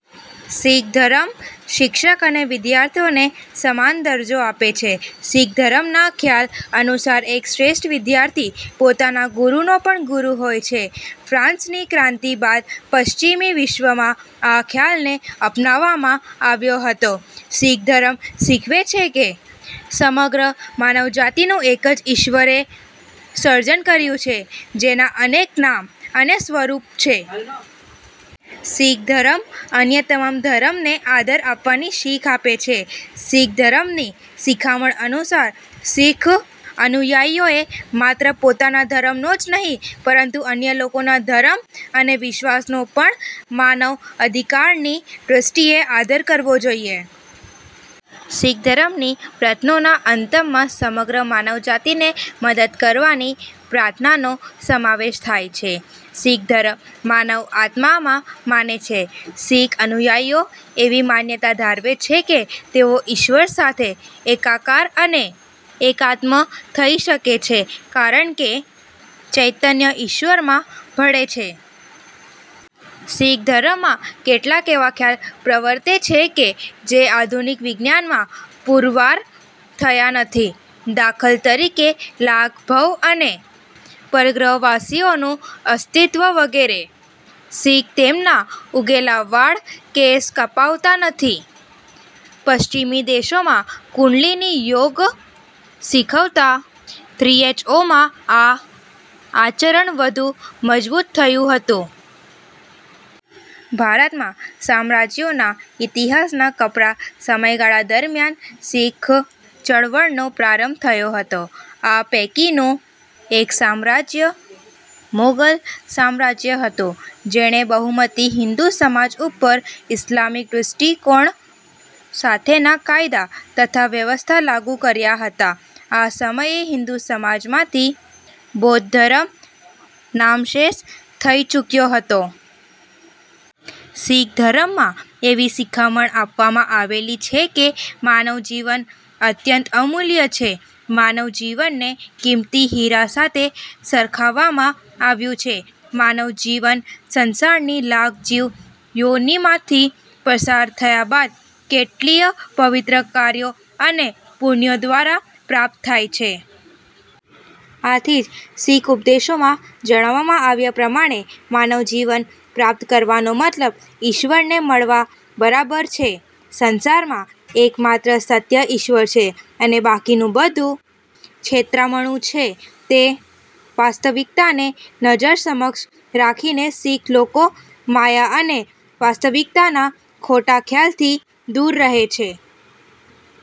શીખ ધર્મ શિક્ષક અને વિદ્યાર્થીને સમાન દરજ્જો આપે છે. શીખ ધર્મના ખ્યાલ અનુસાર, એક શ્રેષ્ઠ વિદ્યાર્થી પોતાના ગુરૂનો પણ ગુરૂ હોય છે. ફ્રાન્સની ક્રાંતિ બાદ પશ્ચિમી વિશ્વમાં આ ખ્યાલને અપનાવવામાં આવ્યો હતો.। શીખ ધર્મ શીખવે છે કે સમગ્ર માનવજાતિનું એક જ ઈશ્વરે સર્જન કર્યું છે, જેના અનેક નામ અને સ્વરૂપ છે. શીખ ધર્મ અન્ય તમામ ધર્મ ને આદર આપવાની શીખ આપે છે. શીખ ધર્મની શિખામણ અનુસાર, શીખ અનુયાયીઓએ માત્ર પોતાના ધર્મનો જ નહિ, પરંતુ અન્ય લોકોના ધર્મ અને વિશ્વાસનો પણ માનવ અધિકારની દ્વષ્ટિએ આદર કરવો જોઈએ. શીખ ધર્મની પ્રર્થ્નોના અંતમાં સમગ્ર માનવજાતિને મદદ કરવાની પ્રાર્થનાનો સમાવેશ થાય છે. શીખ ધર્મ માનવ આત્મા માં માને છે. શીખ અનુયાયીઓ એવી માન્યતા ધરાવે છે કે તેઓ ઈશ્વર સાથે એકાકાર અને એકાત્મ થઇ શકે છે કારણકે ચૈતન્ય ઇશ્વર માં ભળે છે. શીખ ધર્મમાં કેટલાક એવા ખ્યાલ પ્રવર્તે છે કે જે આધુનિક વિજ્ઞાનમાં પૂરવાર થયા નથી. દાખલા તરીકે લાખ ભવ અને પરગ્રહવાસીઓનું અસ્તિત્વ વગેરે. શીખ તેમના ઉગેલા વાળ કેશ કપાવતા નથી. પશ્ચિમી દેશોમાં કુંડલિની યોગ શીખવતા થ્રીએચઓમાં આ આચરણ વધુ મજબૂત થયું હતું. ભારતમાં સામ્રાજ્યોના ઇતિહાસના કપરાં સમયગાળા દરમિયાન શીખ ચળવળનો પ્રારંભ થયો હતો. આ પૈકીનું એક સામ્રાજ્ય મોગલ સામ્રાજ્ય હતું જેણે બહુમતી હિંદુ સમાજ ઉપર ઈસ્લામિક દ્વષ્ટિકોણ સાથેના કાયદા તથા વ્યવસ્થા લાગુ કર્યા હતા. આ સમયે હિંદુ સમાજમાંથી બૌદ્ધ ધર્મ નામશેષ થઈ ચૂક્યો હતો. શીખ ધર્મમાં એવી શીખામણ આપવામાં આવેલી છે કે માનવ જીવન અત્યંત અમૂલ્ય છે. માનવ જીવનને કિંમતી હિરા સાથે સરખાવવામાં આવ્યું છે. માનવ જીવન સંસારની લાખ જીવ યોનિમાંથી પસાર થયા બાદ કેટલીય પવિત્ર કાર્યો અને પુણ્યો દ્વારા પ્રાપ્ત થાય છે. આથી જ, શીખ ઉપદેશોમાં જણાવવામાં આવ્યા પ્રમાણે માનવ જીવન પ્રાપ્ત કરવાનો મતલબ ઈશ્વરને મળવા બરાબર છે. સંસારમાં એકમાત્ર સત્ય ઈશ્વર છે અને બાકીનું બધું છેતરામણું છે તે વાસ્તવિકતાને નજર સમક્ષ રાખીને શીખ લોકો માયા અને વાસ્તવિકતાના ખોટાં ખ્યાલથી દૂર રહે છે.